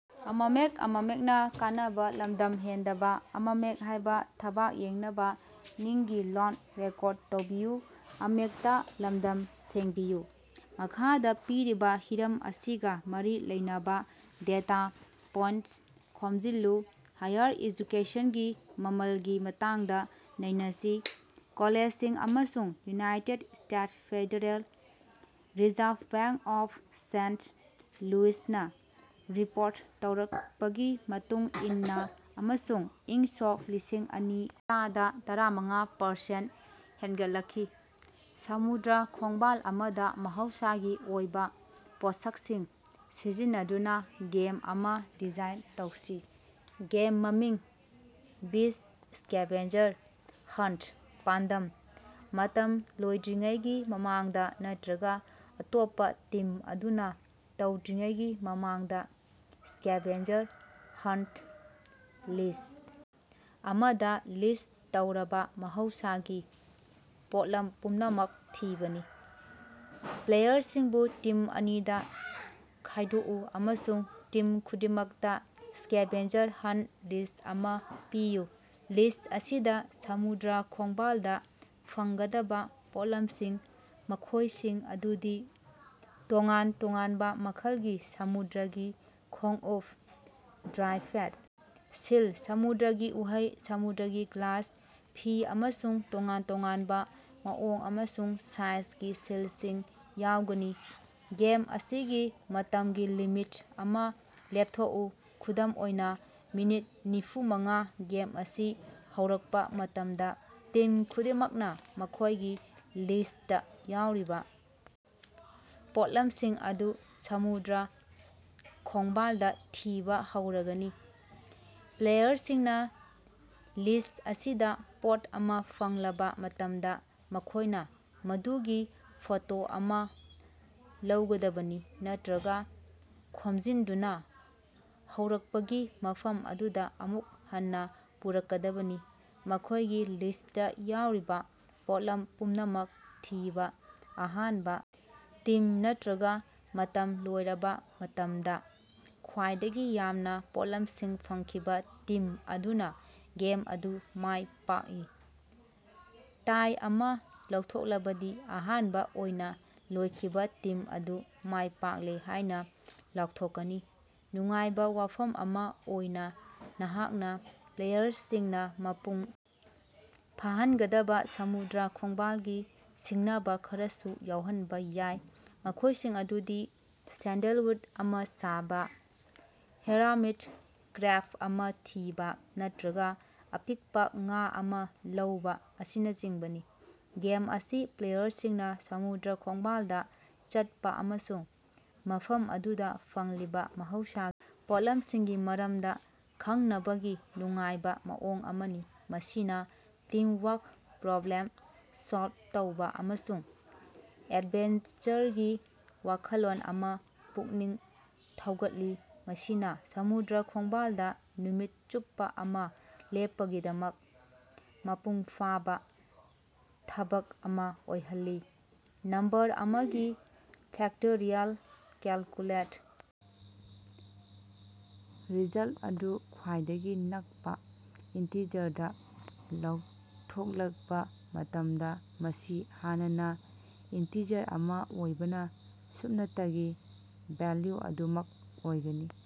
ꯃꯈꯥꯗꯥ ꯄꯤꯔꯤꯕꯥ ꯍꯤꯔꯝ ꯑꯁꯤꯒꯥ ꯃꯔꯤ ꯂꯩꯅꯕꯥ ꯗꯦꯇꯥ ꯄꯣꯏꯟꯇ ꯈꯣꯝꯖꯤꯜꯂꯨ: ꯍꯥꯏꯌꯔ ꯑꯦꯖꯨꯀꯦꯁꯟꯒꯤ ꯃꯃꯜꯒꯤ ꯃꯇꯥꯡꯗ ꯅꯩꯅꯁꯤ꯫ ꯀꯣꯂꯦꯖꯁꯤꯡ ꯑꯃꯁꯨꯡ united state federal reserve bank of saint ꯂꯨꯏꯁꯅꯥ ꯔꯤꯄꯣꯔꯠ ꯇꯧꯔꯛꯄꯒꯤ ꯃꯇꯨꯡ ꯏꯟꯅꯥ ꯑꯃꯁꯨꯡ ꯏꯪ ꯁꯣꯛ ꯂꯤꯁꯤꯡ ꯑꯅꯤ ꯆꯗꯥ ꯇꯔꯥꯃꯉꯥ ꯄꯥꯔꯁꯦꯟ ꯍꯦꯟꯒꯠꯂꯛꯈꯤ꯫ ꯁꯃꯨꯗ꯭ꯔ ꯈꯣꯡꯕꯥꯜ ꯑꯃꯗꯥ ꯃꯍꯧꯁꯥꯒꯤ ꯑꯣꯏꯕꯥ ꯄꯣꯠꯁꯛꯁꯤꯡ ꯁꯤꯖꯤꯟꯅꯗꯨꯅꯥ ꯒꯦꯝ ꯑꯃꯥ ꯗꯤꯖꯥꯏꯟ ꯇꯧꯁꯤ꯫ ꯒꯦꯝ ꯃꯃꯤꯡ ꯕꯤꯆ ꯁ꯭ꯀꯦꯚꯦꯟꯖꯔ ꯍꯟꯇ ꯄꯥꯟꯗꯝ: ꯃꯇꯝ ꯂꯣꯏꯗ꯭ꯔꯤꯉꯩꯒꯤ ꯃꯃꯥꯡꯗꯥ ꯅꯠꯇ꯭ꯔꯒꯥ ꯑꯇꯣꯞꯄꯥ ꯇꯤꯝ ꯑꯗꯨꯅꯥ ꯇꯧꯗ꯭ꯔꯤꯉꯩꯒꯤ ꯃꯃꯥꯡꯗꯥ ꯁ꯭ꯀꯦꯚꯦꯟꯖꯔ ꯍꯟꯠ ꯂꯤꯁ꯭ꯠ ꯑꯃꯗꯥ ꯂꯤꯁ ꯇꯧꯔꯕꯥ ꯃꯍꯧꯁꯥꯒꯤ ꯄꯣꯠꯂꯝ ꯄꯨꯝꯅꯃꯛ ꯊꯤꯕꯥꯅꯤ꯫ ꯄ꯭ꯂꯦꯌꯔꯁꯤꯡꯕꯨ ꯇꯤꯝ ꯑꯅꯤꯗꯥ ꯈꯥꯏꯗꯣꯛꯎ ꯑꯃꯁꯨꯡ ꯇꯤꯝ ꯈꯨꯗꯤꯡꯃꯛꯇꯥ ꯁ꯭ꯀꯦꯚꯦꯟꯖꯔ ꯍꯟꯇ ꯂꯤꯁ ꯑꯃꯥ ꯄꯤꯌꯨ꯫ ꯂꯤꯁ ꯑꯁꯤꯗꯥ ꯁꯃꯨꯗ꯭ꯔ ꯈꯣꯡꯕꯥꯜꯗꯥ ꯐꯪꯒꯗꯕꯥ ꯄꯣꯠꯂꯝꯁꯤꯡ, ꯃꯈꯣꯏꯁꯤꯡ ꯑꯗꯨꯗꯤ ꯇꯣꯉꯥꯟ ꯇꯣꯉꯥꯟꯕ ꯃꯈꯜꯒꯤ ꯁꯃꯨꯗ꯭ꯔꯒꯤ ꯈꯣꯡꯎꯞ, ꯗ꯭ꯔꯥꯏꯐꯦꯠ ꯁꯤꯜ, ꯁꯃꯨꯗ꯭ꯔꯒꯤ ꯎꯍꯩ, ꯁꯃꯨꯗ꯭ꯔꯒꯤ ꯒ꯭ꯂꯥꯁ, ꯐꯤ, ꯑꯃꯁꯨꯡ ꯇꯣꯉꯥꯟ ꯇꯣꯉꯥꯟꯕ ꯃꯑꯣꯡ ꯑꯃꯁꯨꯡ ꯁꯥꯏꯖꯒꯤ ꯁꯤꯜꯁꯤꯡ ꯌꯥꯎꯒꯅꯤ꯫ ꯒꯦꯝ ꯑꯁꯤꯒꯤ ꯃꯇꯝꯒꯤ ꯂꯤꯃꯤꯠ ꯑꯃꯥ ꯂꯦꯞꯊꯣꯛꯎ, ꯈꯨꯗꯝ ꯑꯣꯏꯅꯥ ꯃꯤꯅꯤꯠ ꯅꯤꯐꯨꯃꯉꯥ ꯒꯦꯝ ꯑꯁꯤ ꯍꯧꯔꯛꯄꯥ ꯃꯇꯝꯗꯥ ꯇꯤꯝ ꯈꯨꯗꯤꯡꯃꯛꯅꯥ ꯃꯈꯣꯏꯒꯤ ꯂꯤꯁꯇꯥ ꯌꯥꯎꯔꯤꯕꯥ ꯄꯣꯠꯂꯝꯁꯤꯡ ꯑꯗꯨ ꯁꯃꯨꯗ꯭ꯔ ꯈꯣꯡꯕꯥꯜꯗꯥ ꯊꯤꯕꯥ ꯍꯧꯔꯒꯅꯤ꯫ ꯄ꯭ꯂꯦꯌꯔꯁꯤꯡꯅꯥ ꯂꯤꯁ ꯑꯁꯤꯗꯥ ꯄꯣꯠ ꯑꯃꯥ ꯐꯪꯂꯕꯥ ꯃꯇꯝꯗꯥ, ꯃꯈꯣꯏꯅꯥ ꯃꯗꯨꯒꯤ ꯐꯣꯇꯣ ꯑꯃꯥ ꯂꯧꯒꯗꯕꯅꯤ ꯅꯠꯇ꯭ꯔꯒꯥ ꯈꯣꯝꯖꯤꯟꯗꯨꯅꯥ ꯍꯧꯔꯛꯄꯒꯤ ꯃꯐꯝ ꯑꯗꯨꯗꯥ ꯑꯃꯨꯛ ꯍꯟꯅꯥ ꯄꯨꯔꯛꯀꯗꯕꯅꯤ꯫ ꯃꯈꯣꯏꯒꯤ ꯂꯤꯁꯇꯥ ꯌꯥꯎꯔꯤꯕꯥ ꯄꯣꯠꯂꯝ ꯄꯨꯝꯅꯃꯛ ꯊꯤꯕꯥ ꯑꯍꯥꯟꯕꯥ ꯇꯤꯝ ꯅꯠꯇ꯭ꯔꯒꯥ ꯃꯇꯝ ꯂꯣꯏꯔꯕꯥ ꯃꯇꯝꯗꯥ ꯈ꯭ꯋꯥꯏꯗꯒꯤ ꯌꯥꯝꯅꯥ ꯄꯣꯠꯂꯝꯁꯤꯡ ꯐꯪꯈꯤꯕꯥ ꯇꯤꯝ ꯑꯗꯨꯅꯥ ꯒꯦꯝ ꯑꯗꯨ ꯃꯥꯏ ꯄꯥꯛꯏ꯫ ꯇꯥꯏ ꯑꯃꯥ ꯊꯣꯛꯂꯕꯗꯤ ꯑꯍꯥꯟꯕꯥ ꯑꯣꯏꯅꯥ ꯂꯣꯏꯈꯤꯕꯥ ꯇꯤꯝ ꯑꯗꯨ ꯃꯥꯏꯄꯥꯛꯂꯦ ꯍꯥꯏꯅꯥ ꯂꯥꯎꯊꯣꯛꯀꯅꯤ꯫ ꯅꯨꯡꯉꯥꯏꯕꯥ ꯋꯥꯐꯝ ꯑꯃꯥ ꯑꯣꯏꯅꯥ, ꯅꯍꯥꯛꯅꯥ ꯄ꯭ꯂꯦꯌꯔꯁꯤꯡꯅꯥ ꯃꯄꯨꯡ ꯐꯥꯍꯟꯒꯗꯕꯥ ꯁꯃꯨꯗ꯭ꯔ ꯈꯣꯡꯕꯥꯜꯒꯤ ꯁꯤꯡꯅꯕꯥ ꯈꯔꯁꯨ ꯌꯥꯎꯍꯟꯕꯥ ꯌꯥꯏ, ꯃꯈꯣꯏꯁꯤꯡ ꯑꯗꯨꯗꯤ ꯁꯦꯟꯗꯜꯋꯨꯠ ꯑꯃꯥ ꯁꯥꯕꯥ, ꯍꯦꯔꯃꯤꯠ ꯀ꯭ꯔꯦꯕ ꯑꯃꯥ ꯊꯤꯕꯥ, ꯅꯠꯇ꯭ꯔꯒꯥ ꯑꯄꯤꯛꯄꯥ ꯉꯥ ꯑꯃꯥ ꯂꯧꯕꯥ ꯑꯁꯤꯅꯆꯤꯡꯕꯅꯤ꯫ ꯒꯦꯝ ꯑꯁꯤ ꯄ꯭ꯂꯦꯌꯔꯁꯤꯡꯅꯥ ꯁꯃꯨꯗ꯭ꯔ ꯈꯣꯡꯕꯥꯜꯗꯥ ꯆꯠꯄꯥ ꯑꯃꯁꯨꯡ ꯃꯐꯝ ꯑꯗꯨꯗꯥ ꯐꯪꯂꯤꯕꯥ ꯃꯍꯧꯁꯥꯒꯤ ꯄꯣꯠꯂꯝꯁꯤꯡꯒꯤ ꯃꯔꯝꯗꯥ ꯈꯪꯅꯕꯒꯤ ꯅꯨꯡꯉꯥꯏꯕꯥ ꯃꯑꯣꯡ ꯑꯃꯅꯤ꯫ ꯃꯁꯤꯅꯥ ꯇꯤꯝꯋꯥꯛ, ꯄ꯭ꯔꯣꯕ꯭ꯂꯦꯝ ꯁꯣꯜꯕ ꯇꯧꯕꯥ, ꯑꯃꯁꯨꯡ ꯑꯦꯗꯚꯦꯟꯆꯔꯒꯤ ꯋꯥꯈꯜꯂꯣꯟ ꯑꯃꯥ ꯄꯨꯛꯅꯤꯡ ꯊꯧꯒꯠꯂꯤ, ꯃꯁꯤꯅꯥ ꯁꯃꯨꯗ꯭ꯔ ꯈꯣꯡꯕꯥꯜꯗꯥ ꯅꯨꯃꯤꯠ ꯆꯨꯞꯄꯥ ꯑꯃꯥ ꯂꯦꯞꯄꯒꯤꯗꯃꯛ ꯃꯄꯨꯡ ꯐꯥꯕꯥ ꯊꯕꯛ ꯑꯃꯥ ꯑꯣꯏꯍꯜꯂꯤ꯫ ꯅꯝꯕꯔ ꯑꯃꯒꯤ ꯐꯦꯛꯇꯣꯔꯤꯑꯦꯜ ꯀꯦꯜꯀꯨꯂꯦꯠ ꯔꯤꯖꯜꯠ ꯑꯗꯨ ꯈ꯭ꯋꯥꯏꯗꯒꯤ ꯅꯛꯄꯥ ꯏꯟꯇꯤꯖꯔꯗꯥ ꯂꯥꯎꯊꯣꯛꯂꯕꯥ ꯃꯇꯝꯗꯥ, ꯃꯁꯤ ꯍꯥꯟꯅꯅꯥ ꯏꯟꯇꯤꯖꯔ ꯑꯃꯥ ꯑꯣꯏꯕꯅꯥ ꯁꯨꯞꯅꯇꯒꯤ ꯚꯦꯜꯂꯨ ꯑꯗꯨꯃꯛ ꯑꯣꯏꯒꯅꯤ꯫